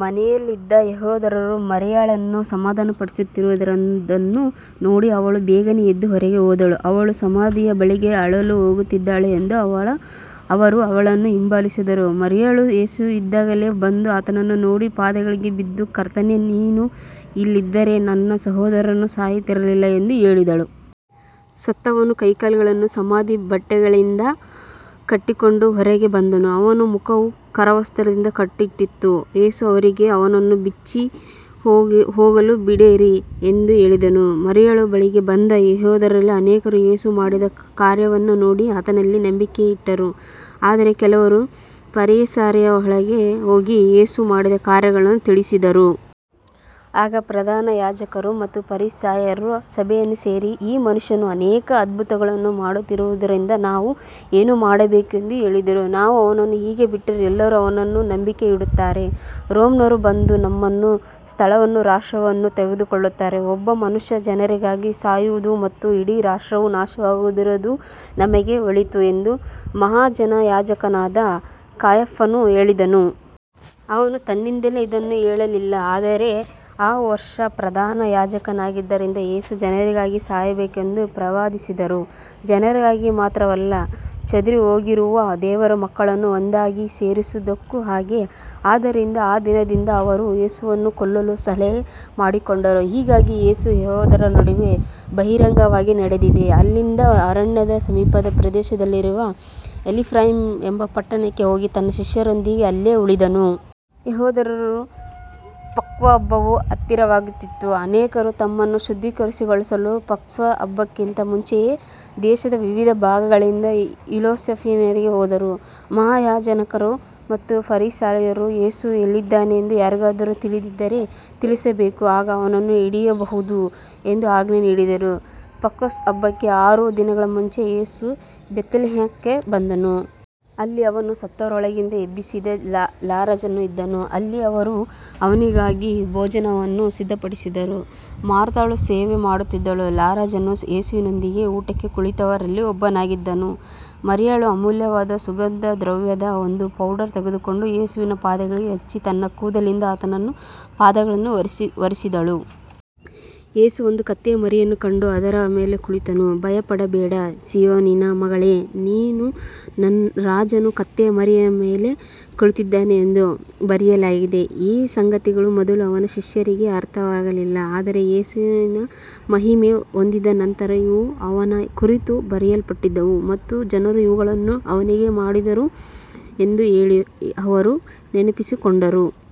ಮನೆಯಲ್ಲಿದ್ದ ಯೆಹೂದ್ಯರು ಮರಿಯಳನ್ನು ಸಮಾಧಾನಪಡಿಸುತ್ತಿರುವುದನ್ನು ನೋಡಿ ಅವಳು ಬೇಗನೆ ಎದ್ದು ಹೊರಗೆ ಹೋದಳು. ಅವಳು ಸಮಾಧಿಯ ಬಳಿಗೆ ಅಳಲು ಹೋಗುತ್ತಿದ್ದಾಳೆಂದು ಅವರು ಅವಳನ್ನು ಹಿಂಬಾಲಿಸಿದರು. ಮರಿಯಳು ಯೇಸು ಇದ್ದಲ್ಲಿಗೆ ಬಂದು ಆತನನ್ನು ನೋಡಿ ಪಾದಗಳಿಗೆ ಬಿದ್ದು, ಕರ್ತನೇ, ನೀನು ಇಲ್ಲಿದ್ದರೆ ನನ್ನ ಸಹೋದರನು ಸಾಯುತ್ತಿರಲಿಲ್ಲ ಎಂದು ಹೇಳಿದಳು. ಸತ್ತವನು ಕೈಕಾಲುಗಳನ್ನು ಸಮಾಧಿ ಬಟ್ಟೆಗಳಿಂದ ಕಟ್ಟಿಕೊಂಡು ಹೊರಗೆ ಬಂದನು, ಅವನ ಮುಖವೂ ಕರವಸ್ತ್ರದಿಂದ ಕಟ್ಟಲ್ಪಟ್ಟಿತ್ತು. ಯೇಸು ಅವರಿಗೆ, ಅವನನ್ನು ಬಿಚ್ಚಿ ಹೋಗಲು ಬಿಡಿರಿ ಎಂದು ಹೇಳಿದನು. ಮರಿಯಳ ಬಳಿಗೆ ಬಂದ ಯೆಹೂದ್ಯರಲ್ಲಿ ಅನೇಕರು ಯೇಸು ಮಾಡಿದ ಕಾರ್ಯವನ್ನು ನೋಡಿ ಆತನಲ್ಲಿ ನಂಬಿಕೆ ಇಟ್ಟರು. ಆದರೆ ಕೆಲವರು ಫರಿಸಾಯರ ಬಳಿಗೆ ಹೋಗಿ ಯೇಸು ಮಾಡಿದ ಕಾರ್ಯಗಳನ್ನು ತಿಳಿಸಿದರು. ಆಗ ಪ್ರಧಾನ ಯಾಜಕರು ಮತ್ತು ಫರಿಸಾಯರು ಸಭೆಯನ್ನು ಸೇರಿಸಿ, ಈ ಮನುಷ್ಯನು ಅನೇಕ ಅದ್ಭುತಗಳನ್ನು ಮಾಡುತ್ತಿರುವುದರಿಂದ ನಾವು ಏನು ಮಾಡಬೇಕು ಎಂದು ಹೇಳಿದರು. ನಾವು ಅವನನ್ನು ಹೀಗೆ ಬಿಟ್ಟರೆ ಎಲ್ಲರೂ ಅವನಲ್ಲಿ ನಂಬಿಕೆ ಇಡುತ್ತಾರೆ, ರೋಮನ್ನರು ಬಂದು ನಮ್ಮ ಸ್ಥಳವನ್ನೂ ರಾಷ್ಟ್ರವನ್ನೂ ತೆಗೆದುಕೊಳ್ಳುತ್ತಾರೆ. ಒಬ್ಬ ಮನುಷ್ಯನು ಜನರಿಗಾಗಿ ಸಾಯುವುದು ಮತ್ತು ಇಡೀ ರಾಷ್ಟ್ರವು ನಾಶವಾಗದಿರುವುದು ನಮಗೆ ಒಳಿತು ಎಂದು ಮಹಾಯಾಜಕನಾದ ಕಾಯಫನು ಹೇಳಿದನು. ಅವನು ತನ್ನಿಂದಲೇ ಇದನ್ನು ಹೇಳಲಿಲ್ಲ, ಆದರೆ ಆ ವರ್ಷ ಪ್ರಧಾನ ಯಾಜಕನಾಗಿದ್ದರಿಂದ ಯೇಸು ಜನರಿಗಾಗಿ ಸಾಯಬೇಕೆಂದು ಪ್ರವಾದಿಸಿದನು. ಜನರಿಗಾಗಿ ಮಾತ್ರವಲ್ಲ, ಚದುರಿಹೋಗಿರುವ ದೇವರ ಮಕ್ಕಳನ್ನು ಒಂದಾಗಿ ಸೇರಿಸುವುದಕ್ಕೂ ಹಾಗೆಯೇ. ಆದ್ದರಿಂದ ಆ ದಿನದಿಂದ ಅವರು ಯೇಸುವನ್ನು ಕೊಲ್ಲಲು ಸಲಹೆ ಮಾಡಿಕೊಂಡರು. ಹೀಗಾಗಿ ಯೇಸು ಯೆಹೂದ್ಯರ ನಡುವೆ ಬಹಿರಂಗವಾಗಿ ನಡೆಯದೆ ಅಲ್ಲಿಂದ ಅರಣ್ಯದ ಸಮೀಪದ ಪ್ರದೇಶದಲ್ಲಿರುವ ಎಫ್ರಾಯೀಮ್ ಎಂಬ ಪಟ್ಟಣಕ್ಕೆ ಹೋಗಿ ತನ್ನ ಶಿಷ್ಯರೊಂದಿಗೆ ಅಲ್ಲೇ ಉಳಿದನು. ಯೆಹೂದ್ಯರ ಪಸ್ಕಹಬ್ಬವು ಹತ್ತಿರವಾಗಿತ್ತು. ಅನೇಕರು ತಮ್ಮನ್ನು ಶುದ್ಧೀಕರಿಸಿಕೊಳ್ಳಲು ಪಸ್ಕಹಬ್ಬಕ್ಕಿಂತ ಮುಂಚೆಯೇ ದೇಶದ ವಿವಿಧ ಭಾಗಗಳಿಂದ ಯೆರೂಸಲೇಮಿಗೆ ಹೋದರು. ಮಹಾಯಾಜಕರು ಮತ್ತು ಫರಿಸಾಯರು, ಯೇಸು ಎಲ್ಲಿದ್ದಾನೆಂದು ಯಾರಿಗಾದರೂ ತಿಳಿದಿದ್ದರೆ ತಿಳಿಸಬೇಕು, ಆಗ ಅವನನ್ನು ಹಿಡಿಯಬಹುದು ಎಂದು ಆಜ್ಞೆ ನೀಡಿದ್ದರು. ಪಸ್ಕಹಬ್ಬಕ್ಕೆ ಆರು ದಿನಗಳ ಮುಂಚೆ ಯೇಸು ಬೇಥಾನ್ಯಕ್ಕೆ ಬಂದನು. ಅಲ್ಲಿ ಅವನು ಸತ್ತವರೊಳಗಿಂದ ಎಬ್ಬಿಸಿದ ಲಾಜರನು ಇದ್ದನು. ಅಲ್ಲಿ ಅವರು ಅವನಿಗಾಗಿ ಭೋಜನವನ್ನು ಸಿದ್ಧಪಡಿಸಿದರು. ಮಾರ್ಥಳು ಸೇವೆ ಮಾಡುತ್ತಿದ್ದಳು, ಲಾಜರನು ಯೇಸುವಿನೊಂದಿಗೆ ಊಟಕ್ಕೆ ಕುಳಿತವರಲ್ಲಿ ಒಬ್ಬನಾಗಿದ್ದನು. ಮರಿಯಳು ಅಮೂಲ್ಯವಾದ ಸುಗಂಧದ್ರವ್ಯದ ಒಂದು ಪೌಂಡ್ ತೆಗೆದುಕೊಂಡು ಯೇಸುವಿನ ಪಾದಗಳಿಗೆ ಹಚ್ಚಿ ತನ್ನ ಕೂದಲಿನಿಂದ ಆತನ ಪಾದಗಳನ್ನು ಒರೆಸಿದಳು. ಯೇಸು ಒಂದು ಕತ್ತೆಯ ಮರಿಯನ್ನು ಕಂಡು ಅದರ ಮೇಲೆ ಕುಳಿತನು. ಭಯಪಡಬೇಡ, ಸೀಯೋನಿನ ಮಗಳೇ, ನಿನ್ನ ರಾಜನು ಕತ್ತೆಯ ಮರಿಯ ಮೇಲೆ ಕುಳಿತಿದ್ದಾನೆ ಎಂದು ಬರೆಯಲಾಗಿದೆ. ಈ ಸಂಗತಿಗಳು ಮೊದಲು ಅವನ ಶಿಷ್ಯರಿಗೆ ಅರ್ಥವಾಗಲಿಲ್ಲ. ಆದರೆ ಯೇಸು ಮಹಿಮೆ ಹೊಂದಿದ ನಂತರ, ಇವು ಅವನ ಕುರಿತು ಬರೆಯಲ್ಪಟ್ಟಿದ್ದವು ಮತ್ತು ಜನರು ಇವುಗಳನ್ನು ಅವನಿಗೆ ಮಾಡಿದರು ಎಂದು ಅವರು ನೆನಪಿಸಿಕೊಂಡರು.